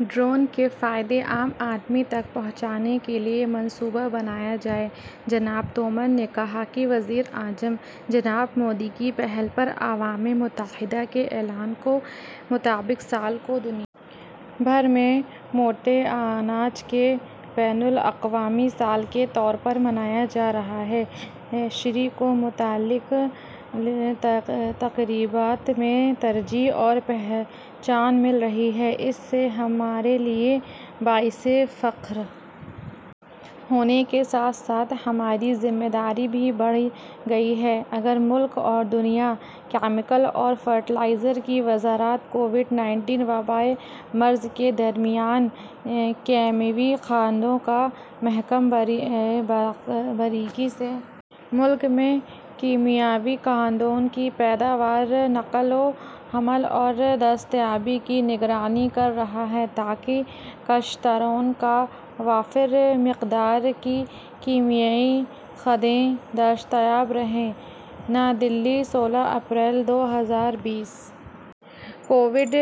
drone کے فوائد عام آدمی تک پہنچانے کے لیے منصوبہ بنایا جائے جناب تومر نے کہا کہ وزیر اعظم جناب مودی کی پہل پر اقوام متحدہ کے اعلان کے مطابق سال کو دنیا بھر میں موٹے اناج کے بین الاقوامی سال کے طور پر منایا جا رہا ہے شری ان کو مختلف تقریبات میں ترجیح اور پہچان مل رہی ہے اس سے ہمارے لیے باعث فخر ہونے کے ساتھ ساتھ ہماری ذمہ داری بھی بڑھ گئی ہے اگر ملک اور دنیا کیمیکلز اور فرٹیلائزر کی وزارت کووڈ انیس وبائی مرض کے درمیان کیمیاوی کھادوں کا محکمہ بڑی باریکی سے ملک میں کیمیاوی کھادوں کی پیداوار نقل و حمل اور دستیابی کی نگرانی کر رہا ہے تاکہ کاشتکاروں کو وافر مقدار میں کیمیاوی کھادیں دستیاب رہیں نئی دہلی سولہ اپریل دو ہزار بیس کووڈ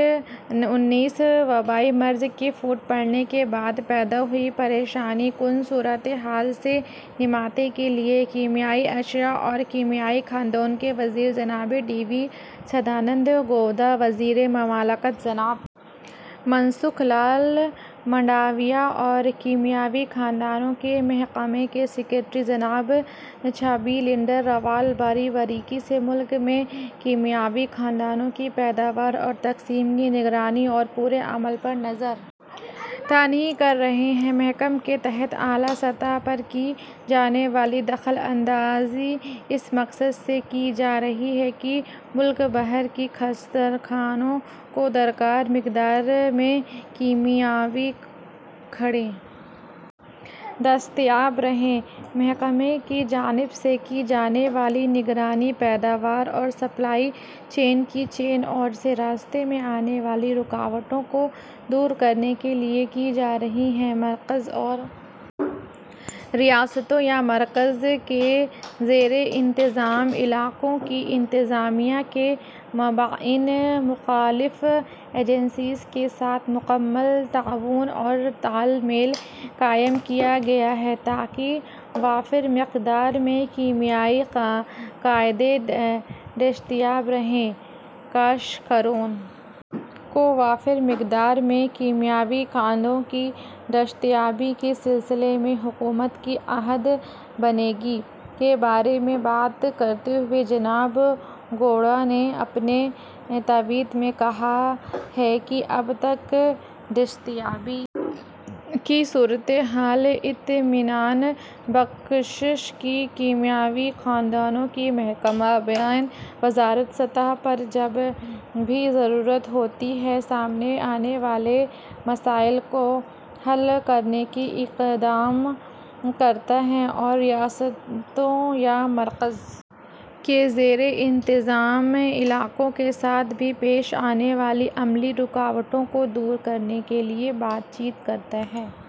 انیس وبائی مرض کے پھوٹ پڑنے کے بعد پیدا ہوئی پریشان کن صورتحال سے نمٹنے کے لیے کیمیاوی اشیا اور کیمیاوی کھادوں کے وزیر جناب ڈی وی سدانند گوڑا وزیر مملکت جناب من سکھ لال منڈاویہ اور کیمیاوی کھادوں کے محکمے کے سکریٹری جناب چھبی لیندر راؤل بڑی باریکی سے ملک میں کیمیاوی کھادوں کی پیداوار اور تقسیم کی نگرانی اور پورے عمل پر نظر ثانی کر رہے ہیں محکمے کے تحت اعلیٰ سطح پر کی جانے والی دخل اندازی اس مقصد سے کی جا رہی ہے کہ ملک بھر میں کاشتکاروں کو درکار مقدار میں کیمیاوی کھادیں دستیاب رہیں محکمے کی جانب سے کی جانے والی نگرانی پیداوار اور سپلائی کی چین اور اس راستے میں آنے والی رکاوٹوں کو دور کرنے کے لیے کی جا رہی ہے مرکز اور ریاستوں یا مرکز کے زیر انتظام علاقوں کی انتظامیہ کے مابین مختلف ایجنسیوں کے ساتھ مکمل تعاون اور تال میل قائم کیا گیا ہے تاکہ وافر مقدار میں کیمیاوی کھادیں دستیاب رہیں کاشتکاروں کو وافر مقدار میں کیمیاوی کھادوں کی دستیابی کے سلسلے میں حکومت کی عہد بندگی کے بارے میں بات کرتے ہوئے جناب گوڑا نے اپنے ٹویٹ میں کہا ہے کہ اب تک دستیابی کی صورتحال اطمینان بخش ہے کیمیاوی کھادوں کا محکمہ بین وزارتی سطح پر جب بھی ضرورت ہوتی ہے سامنے آنے والے مسائل کو حل کرنے کے اقدام کرتا ہے اور ریاستوں یا مرکز کے زیر انتظام علاقوں کے ساتھ بھی پیش آنے والی عملی رکاوٹوں کو دور کرنے کے لیے بات چیت کرتا ہے